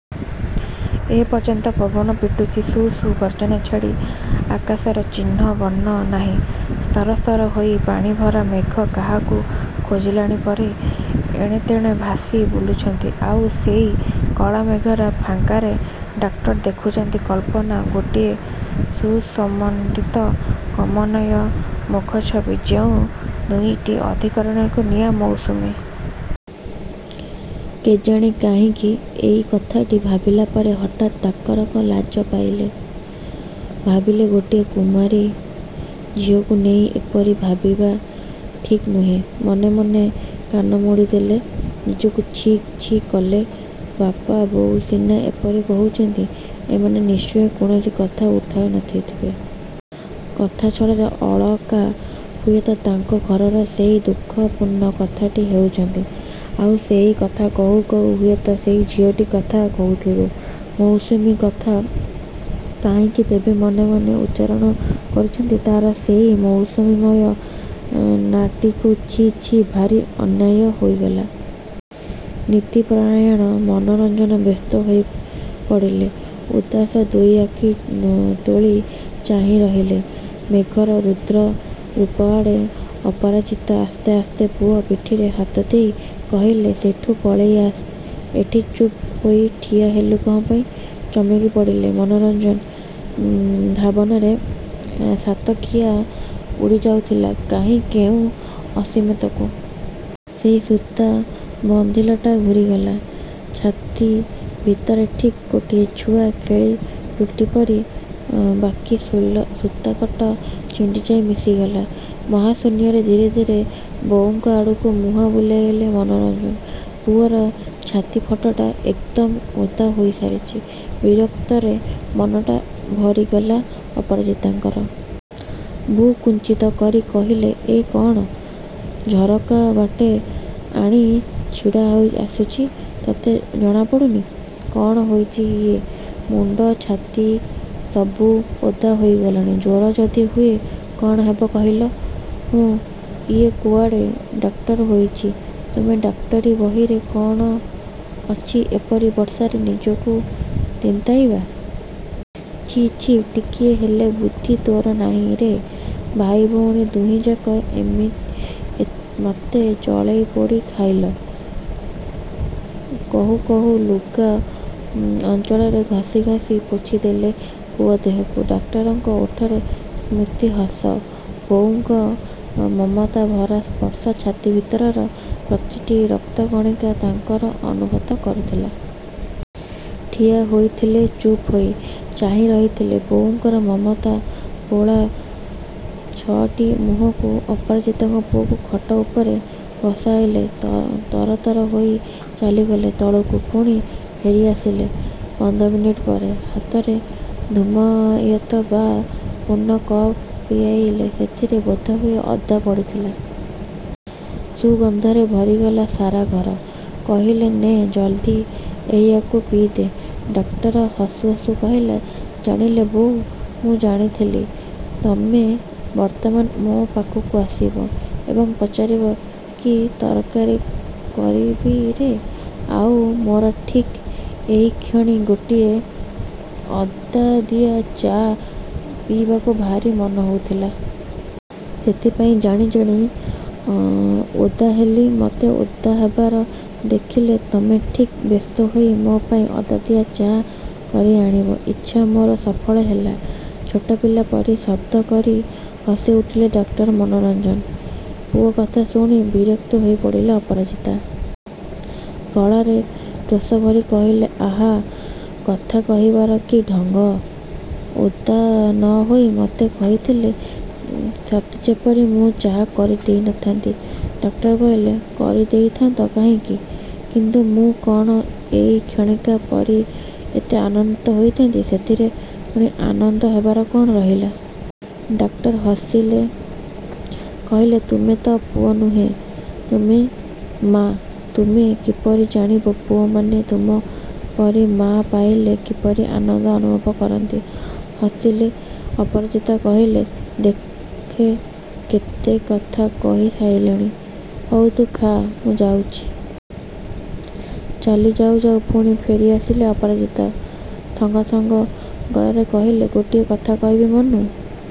ଏପର୍ଯ୍ୟନ୍ତ ପବନ ପିଟୁଛି। ସୁ, ସୁ, ଗର୍ଜନ ଛାଡ଼ି। ଆକାଶର ଚିହ୍ନ ବର୍ଣ୍ଣ ନାହିଁ। ସ୍ତର ସ୍ତର ହୋଇ ପାଣିଭରା ମେଘ କାହାକୁ ଖୋଜିଲାଣିପରି ଏଣେତେଣେ ଭାସି ବୁଲୁଛନ୍ତି। ଆଉ ସେଇ କଳାମେଘର ଫାଙ୍କରେ ଡାକ୍ତର ଦେଖୁଛନ୍ତି କଳ୍ପନା ଗୋଟିଏ ସୁଷମାମଣ୍ଡିତ କମନୀୟ ମୁଖଛବି। ଯେଉଁ ମୁହଁଟିର ଅଧିକାରିଣୀର ନାଆଁ ମୌସୁମୀ। କେଜାଣି କାହିଁକି ଏଇ କଥାଟି ଭାବିଲାପରେ ହଠାତ୍ ଡାକ୍ତରକ ଲାଜ ପାଇଲେ। ଭାବିଲେ ଗୋଟିଏ କୁମାରୀ ଝିଅକୁ ନେଇ ଏପରି ଭାବିବା ଠିକ୍ ନୁହେଁ। ମନେ ମନେ କାନ ମୋଡ଼ିହେଲେ। ନିଜକୁ ଛି ଛି କଲେ। ବାପା ବୋଉ ସିନା ଏପରି କହୁଛନ୍ତି। ସେମାନେ ନିଶ୍ଚୟ କୌଣସି କଥା ଉଠାଇନଥିବେ। କଥାଛଳରେ ଅଳକା ହୁଏତ ତାଙ୍କ ଘରର ସେଇ ଦୁଃଖପୂର୍ଣ୍ଣ କଥାଟି କହିଛନ୍ତି। ଆଉ ସେଇ କଥା କହୁ କହୁ ହୁଏତ ସେଇ ଝିଅଟି କଥା କହିଥିବେ। ମୌସୁମୀ କଥା କାହିଁକି ତେବେ ମନେ ମନେ ଉଚ୍ଚାରଣ କରୁଛନ୍ତି ତା'ର ସେଇ ମୌସୁମିମୟ ନାଁଟିକୁ। ଛି ଛି, ଭାରି ଅନ୍ୟାୟ ହୋଇଗଲା। ନୀତିପରାୟଣ ମନୋରଞ୍ଜନ ବ୍ୟସ୍ତ ହୋଇପଡ଼ିଲେ। ଉଦାସ ଦୁଇଆଖି ତୋଳି ଚାହିଁରହିଲେ ମେଘର ରୁଦ୍ର ରୂପଆଡ଼େ। ଅପରାଜିତା ଆସ୍ତେ ଆସ୍ତେ ପୁଅ ପିଠିରେ ହାତଦେଇ କହିଲେ ସେଠୁ ପଳାଇଆସ ଏଠି ଚୁପ୍ ହୋଇ ଠିଆ ହେଲୁ କଣ ପାଇଁ? ଚମକିପଡ଼ିଲେ ମନୋରଞ୍ଜନ। ଭାବନାର ସାତଖୀଆ ଉଡ଼ିଯାଇଥିଲା କାହିଁ କେଉଁ ଅସୀମତକୁ। ସେଇ ସୁତା ବନ୍ଧିଲଟା ଘୂରିଗଲା ଛାତିଭିତରେ ଠିକ୍ ଗୋଟିଏ ଛୁଆ ଖେଳ ଲଟୁ ପରି। ବାକି ସୁତାଟକ ଛିଣ୍ଡିଯାଇ ମିଶିଗଲା ମହାଶୂନ୍ୟରେ। ଧୀରେ ଧୀରେ ବୋଉଙ୍କ ଆଡ଼କୁ ମୁହଁ ବୁଲାଇଲେ ମନୋରଞ୍ଜନ। ପୁଅର ଛାତି ପଟଟା ଏକଦମ୍ ଓଦା ହୋଇଯାଇଛି। ବିରକ୍ତିରେ ମନଟା ଭରିଗଲା ଅପରାଜିତାଙ୍କର। ଭୁକୁଞ୍ଚିତ କରି କହିଲେ ଏ କ'ଣ? ଝରକାବାଟେ ପାଣି ଛିଡ଼ାଆସୁଛି। ତତେ ଜଣାପଡ଼ୁନି? କ'ଣ ହୋଇଛି ଇଏ? ମୁଣ୍ଡ, ଛାତି ସବୁ ଓଦା ହୋଇଗଲାଣି। ଜ୍ୱର ଯଦି ହୁଏ କ'ଣ ହେବ କହିଲ? ହୁଁ, ଇଏ କୁଆଡ଼େ ଡାକ୍ତର ହୋଇଛି। ତୁମ ଡାକ୍ତରି ବହିରେ କ'ଣ ଅଛି ଏପରି ବର୍ଷାରେ ନିଜକୁ ତିନ୍ତାଇବା। ଛି ଛି, ଟିକିଏ ହେଲେ ବୁଦ୍ଧି ତୋର ନାହିଁରେ? ଭାଇ ଭଉଣୀ ଦୁହେଁଯାକ ଏମିତି ମୋତେ ଜଳେଇପୋଡ଼ି ଖାଇଲ। କହୁ କହୁ ଲୁଗା ଅଞ୍ଚଳରେ ଘସି ଘସି ପୋଛିଦେଲେ ପୁଅର ଦେହକୁ। ଡାକ୍ତରଙ୍କ ଓଠରେ ସ୍ମିତ ହସ। ବୋଉଙ୍କ ମମତା ଭରା ସ୍ପର୍ଶ ଛାତି ଭିତରର ପ୍ରତିଟି ରକ୍ତକଣିକା ତାଙ୍କର ଅନୁଭବ କରୁଥିଲା। ଠିଆ ହୋଇଥିଲେ ଚୁପ୍ ହୋଇ। ଚାହିଁ ରହିଥିଲେ ବୋଉଙ୍କର ମମତା ବୋଳା ଛଅଟି ମୁହଁକୁ। ଅପରାଜିତା ପୁଅକୁ ଖଟ ଉପରେ ବସାଇଦେଇ ତରତର ହୋଇ ଚାଲିଗଲେ ତଳକୁ। ପୁଣି ଫେରିଆସିଲେ ପନ୍ଦର ମିନିଟ୍ ପରେ। ହାତରେ ଧୂମାୟିତ ଚା ପୂର୍ଣ୍ଣ କପ୍ ପିଆଲା। ସେଥିରେ ବୋଧହୁଏ ଅଦା ପଡ଼ିଥିଲା। ସୁଗନ୍ଧରେ ଭରିଗଲା ସାରା ଘର। କହିଲେ ନେ ଜଲଦି ଏଇଆକୁ ପିଇଦେ। ଡାକ୍ତର ହସୁ ହସୁ କହିଲେ ଜାଣିଲେ ବୋଉ, ମୁଁ ଜାଣିଥିଲି। ତମେ ବର୍ତ୍ତମାନ ମୋ ପାଖକୁ ଆସିବ। ଏବଂ ପଚାରିବ କି ତରକାରୀ କରିବିରେ! ଆଉ ମୋର ଠିକ୍ ଏଇକ୍ଷଣି ଗୋଟିଏ ଅଦାଦିଆ ଚା ଖାଇବାକୁ ଭାରି ମନହେଉଥିଲା। ସେଥିପାଇଁ ଜାଣି ଜାଣି ଓଦା ହେଲି। ମୋତେ ଓଦା ହେବାର ଦେଖିଲେ ତୁମେ ଠିକ୍ ବ୍ୟସ୍ତହୋଇ ମୋ ପାଇଁ ଅଦାଦିଆ ଚା କରିଆଣିବ। ଇଚ୍ଛା ମୋର ସଫଳ ହେଲା। ଛୋଟ ପିଲା ପରି ଶବ୍ଦ କରି ହସିଉଠିଲେ ଡାକ୍ତର ମନୋରଞ୍ଜନ। ପୁଅ କଥା ଶୁଣି ବିରକ୍ତ ହୋଇଉଠିଲେ ଅପରାଜିତା। ଗଳାରେ ରୋଷଭରି କହିଲେ ଆହାଃ, କଥା କହିବାର କି ଢଙ୍ଗ ଓଦା ନହୋଇ ମୋତେ କହିଥିଲେ ସତେଯେପରି ମୁଁ ଚା କରି ଦେଇନଥାନ୍ତି। ଡାକ୍ତର କହିଲେ କରିଦେଇଥାନ୍ତ କାହିଁକି? କିନ୍ତୁ ମୁଁ କ'ଣ ଏଇକ୍ଷଣିକା ପରି ଏତେ ଆନନ୍ଦ ପାଇଥାନ୍ତି। ଏଥିରେ ପୁଣି ଆନନ୍ଦ ହେବାର କ'ଣ ରହିଲା? ଡାକ୍ତର ହସିଲେ, କହିଲେ ତୁମେ ତ ପୁଅ ନୁହେଁ । ତୁମେ ମାଆ। ତୁମେ କିପରି ଜାଣିବ ପୁଅମାନେ ତୁମ ପରି ମାଆ ପାଇଲେ କିପରି ଆନନ୍ଦ ଅନୁଭବ କରନ୍ତି। ହସିଲେ ଅପରାଜିତା। କହିଲେ ଦେଖେ, କେତେ କଥା କହି ଶିଖିଲାଣି। ହଉ ତୁ ଥାଆ, ମୁଁ ଯାଉଛି। ଚାଲି ଯାଉ ଯାଉ ପୁଣି ଫେରିଆସିଲେ ଅପରାଜିତା। ଥଙ୍ଗ ଥଙ୍ଗ ଗଳାରେ କହିଲେ, ଗୋଟିଏ କଥା କହିବି ମନୁ?